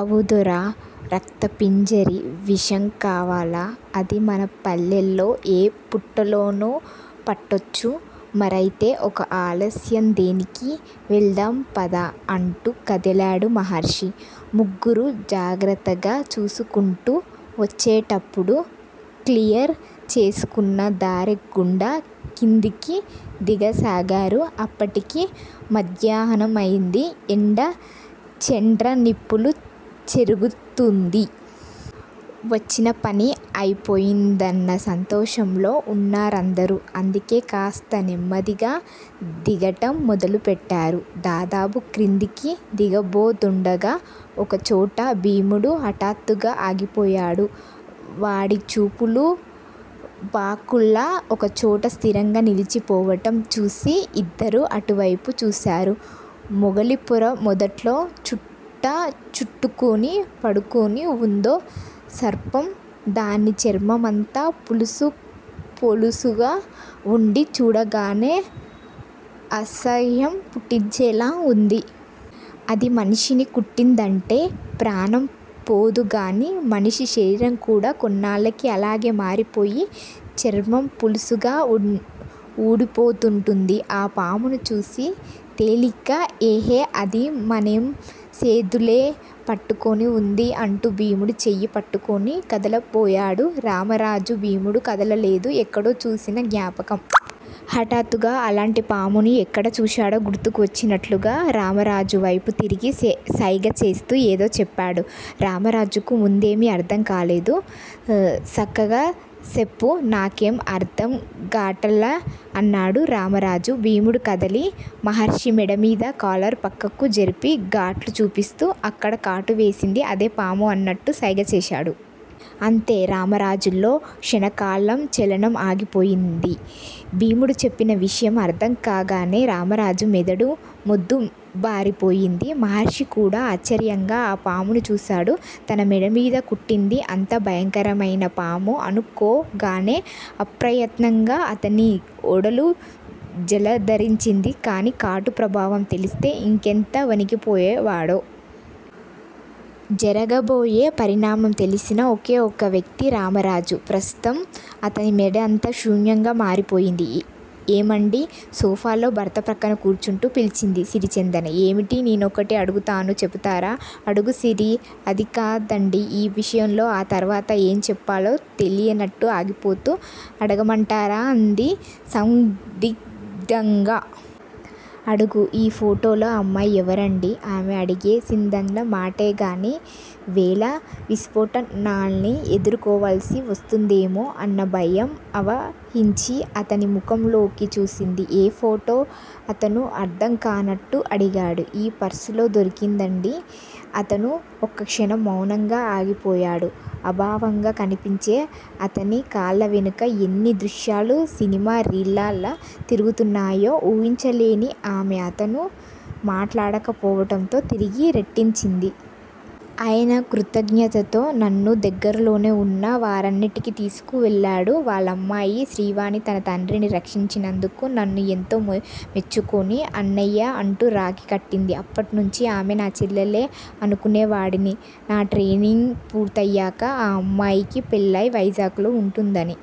అవున్దొరా. రక్తపింజేరి విషం కావాల. అది మన పల్లెలో ఏ పుట్టలోనో పట్టొచ్చు. మరయితే ఒక ఆలస్యం దేనికి? వెళదాం పద! అంటూ కదిలాడు మహర్షి. ముగ్గురూ జాగ్రత్తగా చూసుకుంటూ వచ్చేటప్పుడు క్లియర్ చేసుకున్న దారిగుండా కిందికి దిగసాగారు. అప్పటికి మధ్యాహ్నమైంది. ఎండ చెండ్రనిప్పులు చెరుగుతోంది. వచ్చినపని అయిపోయిందన్న సంతోషంలో ఉన్నారందరూ. అందుకే కాస్త నెమ్మదిగా దిగటం మొదలు పెట్టారు. దాదాపు క్రిందికి దిగబోతుండగా ఒకచోట భీముడు హఠాత్తుగా ఆగిపోయాడు. వాడి చూపులు బాకుల్లా ఒకచోట స్థిరంగా నిల్చిపోవటం చూసి ఇద్దరూ అటువేపు చూసారు. మొగలిపొర మొదట్లో చుట్ట చుట్టుకుని పడుకుని వుందో సర్పం దాని చర్మమంతా పొలుసులు పొలుసులుగా వుండి చూడగానే అసహ్యం పుట్టించేలా వుంది. అది మనిషిని కుట్టిందంటే ప్రాణం పోదుగానీ మనిషి శరీరం కూడా కొన్నాళ్ళకి అలాగే మారిపోయి చర్మం పొలుసులుగా ఊడిపోతూంటుంది. ఆ పామును చూసి తేలిగ్గా ఎహే! అది మన్నేం సేయదులే. పటుకుని వుంది అంటూ భీముడి చెయ్యి పట్టుకుని కదలబోయాడు రామరాజు. భీముడు కదలలేదు. ఎక్కడో చూసిన జ్ఞాపకం. హఠాత్తుగా అలాంటి పాముని ఎక్కడ చూశాడో గుర్తుకు వచ్చినట్లుగా రామరాజు వేపు తిరిగి సైగచేస్తూ ఏదో చెప్పాడు. రామరాజుకు ముందేమీ అర్థంకాలేదు. సక్కగా సెప్పు. నాకేం అర్థంగాటల్లా అన్నాడు రామరాజు. భీముడు కదిలి మహర్షి మెడమీద కాలర్ పక్కకు జరిపి గాట్లు చూపిస్తూ అక్కడ కాటు వేసింది అదే పాము అన్నట్టు సైగ చేశాడు. అంతే! రామరాజులో క్షణకాలం చలనం ఆగిపోయింది. భీముడు చెప్పిన విషయం అర్థంకాగానే రామరాజు మెదడు మొద్దుబారిపోయింది. మహర్షి కూడా ఆశ్చర్యంగా ఆ పామును చూసాడు. తన మెడమీద కుట్టింది అంత భయంకరమైన పాము అనుకోగానే ఆప్రయత్నంగా అతని ఒడలు జలదరించింది. కాని కాటు ప్రభావం తెలిస్తే ఇంకెంత వణికిపోయేవాడో?! జరగబోయే పరిణామం తెలిసిన ఒకే ఒక వ్యక్తి రామరాజు. ప్రస్తుతం అతని మెదడంతా శూన్యంగా మారిపోయింది. ఏమండీ! సోఫాలో భర్త ప్రక్కన కూర్చుంటూ పిలిచింది సిరిచందన. ఏమిటీ! నేనొకటి అడుగుతాను చెబుతారా? అడుగు సిరీ అదికాదండీ ఈ విషయంలో ఆ తర్వాత ఏం చెప్పాలో తెలీనట్టు ఆగిపోతూ అడగమంటారా అంది సందిగ్ధంగా. అడుగు ఈ ఫోటోలో అమ్మాయి ఎవరండీ? ఆమె అడిగేసిందన్న మాటేగాని వేల విస్ఫోటనాల్ని ఎదుర్కోవాల్సి వస్తుందేమో అన్న భయం ఆవహించి అతని ముఖంలోకి చూసింది. ఏ ఫోటో? అతను అర్థంకానట్టు అడిగాడు. మీ పర్సులో దొరికిందండీ! అతను ఒక్కక్షణం మౌనంగా అయిపోయాడు. అభావంగా కనిపించే అతని కళ్ళవెనుక ఎన్ని దృశ్యాలు సినిమా రీళ్ళలా తిరుగుతున్నాయో ఊహించలేని ఆమె అతను మాట్లాడకపోవటంతో తిరిగి రెట్టించింది. ఆయన కృతజ్ఞతతో నన్ను దగ్గర్లోనే వున్న వారింటికి తీసుకువెళ్ళాడు. వాళ్ళమ్మాయి శ్రీవాణి తన తండ్రిని రక్షించినందుకు నన్ను ఎంతో మెచ్చుకుని అన్నయ్యా అంటూ రాఖీ కట్టింది. అప్పటినుండి ఆమె నా చెల్లెలే అనుకునేవాడిని. నా ట్రైనింగ్ పూర్తయ్యాక ఆ అమ్మాయికి పెళ్ళై వైజాగ్ లో ఉంటుందని